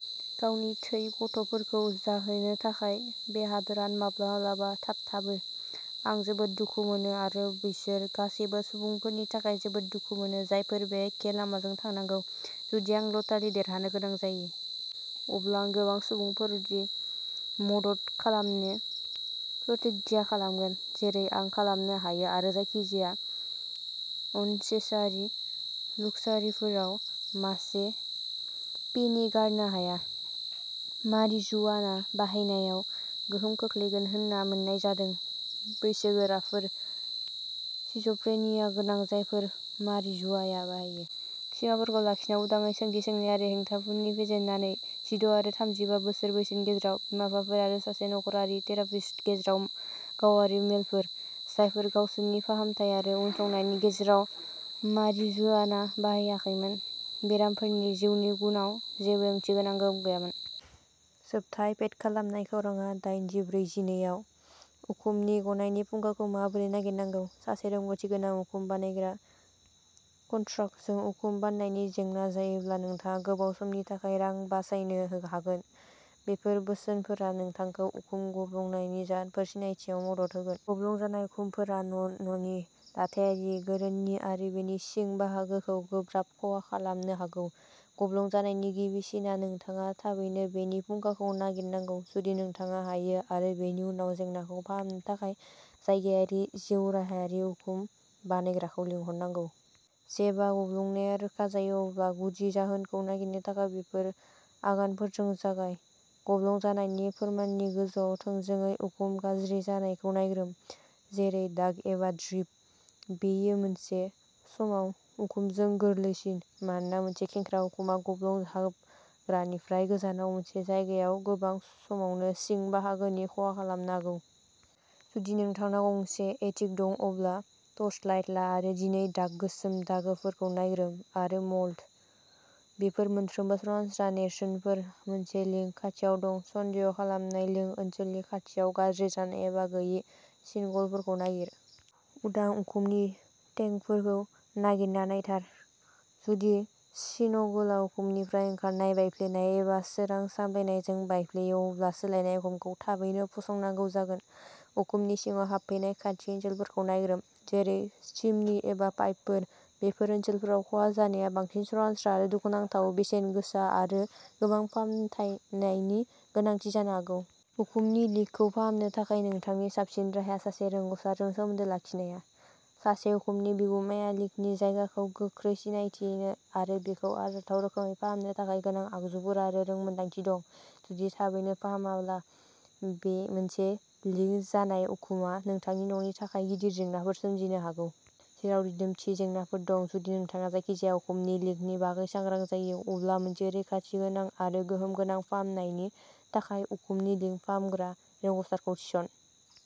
गावनि थै गथ'फोरखौ जाहोनो थाखाय। बे हादोरानो माब्लाबा माब्लाबा थाबथाबो। आं जोबोद दुखु मोनो आरो बैसोर गासैबो सुबुंफोरनि थाखाय जोबोद दुखु मोनो। जायफोरा बे एखे लामाजों थांनांगौ। जुदि आं लटारि देरहानो गोनां जायो। अब्ला आं गोबां सुबुंफोरनि मदद खालामनो प्रतिग्या खालामगोन। जेरै आं खालामनो हायो आरो जायखिजाया आननेसासेरि लुक्सारिफोराव मासे पेनि गारनो हाया। मारिजुआना बाहायनायाव गोहोम खोख्लैगोन होनना मोननाय जादों। बैसोगोराफोर सिज'फ्रेनिया गोनां जायफोरा मारिजुआना बाहायो। सिमाफोरखौ लाखिना उदाङै सोंथि सोंनानै आरो हेंथाखौ फेजेननानै। जिद’ आरो थामजिबा बोसोर बैसोनि गेजेराव। बिमा-बिफाफोर आरो सासे नख'रारि थेरापिस्टनि गेजेराव गावारि मेलफोर। जायफोरा गावसोरनि फाहामथाय आरो उनसंनायनि गेजेराव मारिजुआना बाहायाखैमोन। बेरामिफोरनि जिउनि गुनआव जेबो ओंथिगोनां गोहोम गैयामोन। जोबथा आपडेट खालामनाय खौरांआ दाइन जिब्रै जिनै आव। उखुम गनायनि फुंखाखौ माबोरै नागिरनांगौ। सासे रोंग'थि गोनां उखुम बानायग्रा कन्ट्राक्टरजों उखुम बानायनायनि जेंना जायोब्ला नोंथाङा गोबाव समनि थाखाय रां बासायनो हागोन। बेफोर बोसोनफोरा नोंथांखौ उखुम गब्लंनायनि जाहोनखौ सिनायथिनायाव मदद होगोन। गब्लं जानाय उखुमफोरा न'नि दाथायारि गोरोनथि आरो बेनि सिं बाहागोखौ गोब्राब खहा खालामनो हागौ। गब्लं जानायनि गिबि सिनआव नोंथाङा थाबैनो बेनि फुंखाखौ नागिरनांगौ जुदि नोंथाङा हायो आरो बेनि उनाव जेंनाखौ फाहामनो थाखाय जायगायारि जिउराहायारि उखुम बानायग्राखौ लिंहरनांगौ। जेब्ला गब्लंनाया रोखा जायो अब्ला गुदि जाहोनखौ नागिरनो थाखाय बेफोर आगानफोरजों जागाय। गब्लं जानायनि फोरमाननि गोजौआव थोंजोङै उखुम गाज्रि जानायखौ नायग्रोम। जेरै दाग एबा ड्रिप। बेयो मोनसे समान उखुमजों गोरलैसिन। मानोना मोनसे खेंख्रा उखुमआ गब्लं हाबग्रानिफ्राय गोजानाव मोनसे जायगायाव गोबां समावनो सिं बाहागोनि खहा खालामनो हागौ। जुदि नोंथांनाव गंसे एटिक दं अब्ला टर्चलाइट ला आरो दैनि दाग गोसोम दागोफोरखौ नायग्रोम। आरो मल्ड। बेफोर मोनफ्रोमबो सरासनस्रा नेरसोनफोर मोनसे लिकआ खाथियाव दं। सन्देह खालामजानाय लिक ओनसोलनि खाथियाव गाज्रि जानाय एबा गोयि सिनगलफोरखौ नागिर। उदां उखुमनि टेकफोरखौ नागिरना नायथार। जुदि शिनगलआ उखुमनिफ्राय ओंखारो बायफ्लेयो एबा सोरां सामलायनायजों बायफ्लेयो अब्ला सोलायनाय उखुमखौ थाबैनो फसंनांगौ जागोन। उखुमनि सिङाव हाबफैनायनि खाथि ओनसोलफोरखौ नायग्रोम। जेरै चिमनि एबा पाइपफोर। बेफोर ओनसोलफोराव खहा जानाया बांसिन सरासनस्रा आरो दुखुनांथावै बेसेन गोसा आरो गोबां फाहामनायनि गोनांथि जानो हागौ। उखुमनि लिकखौ फाहामनो थाखाय नोंथांनि साबसिन राहाया सासे रोंग'सारजों सोमोन्दो लाखिनाया। सासे उखुमनि बिगुमाहा लिकनि जायगाखौ गोख्रै सिनायथिनो आरो बेखौ आरजाथाव रोखोमै फाहामनो थाखाय गोनां आगजुफोर आरो रोंमोनदांथि दं। जुदि थाबैनो फाहामजायाब्ला मोनसे लिक जानाय उखुमआ नोंथांनि न'नि थाखाय गिदिर जेंनाफोर सोमजिहोनो हागौ। जेराव दिदोमथि जेंनाफोरबो दं। जुदि नोंथाङा जायखिजाया उखुमनि लिकनि बागै सांग्रां जायो। अब्ला मोनसे रैखाथिगोनां आरो गोहोम गोनां फाहामनायनि थाखाय उखुमनि लिक फाहामग्रा रोंग'सारखौ थिसन।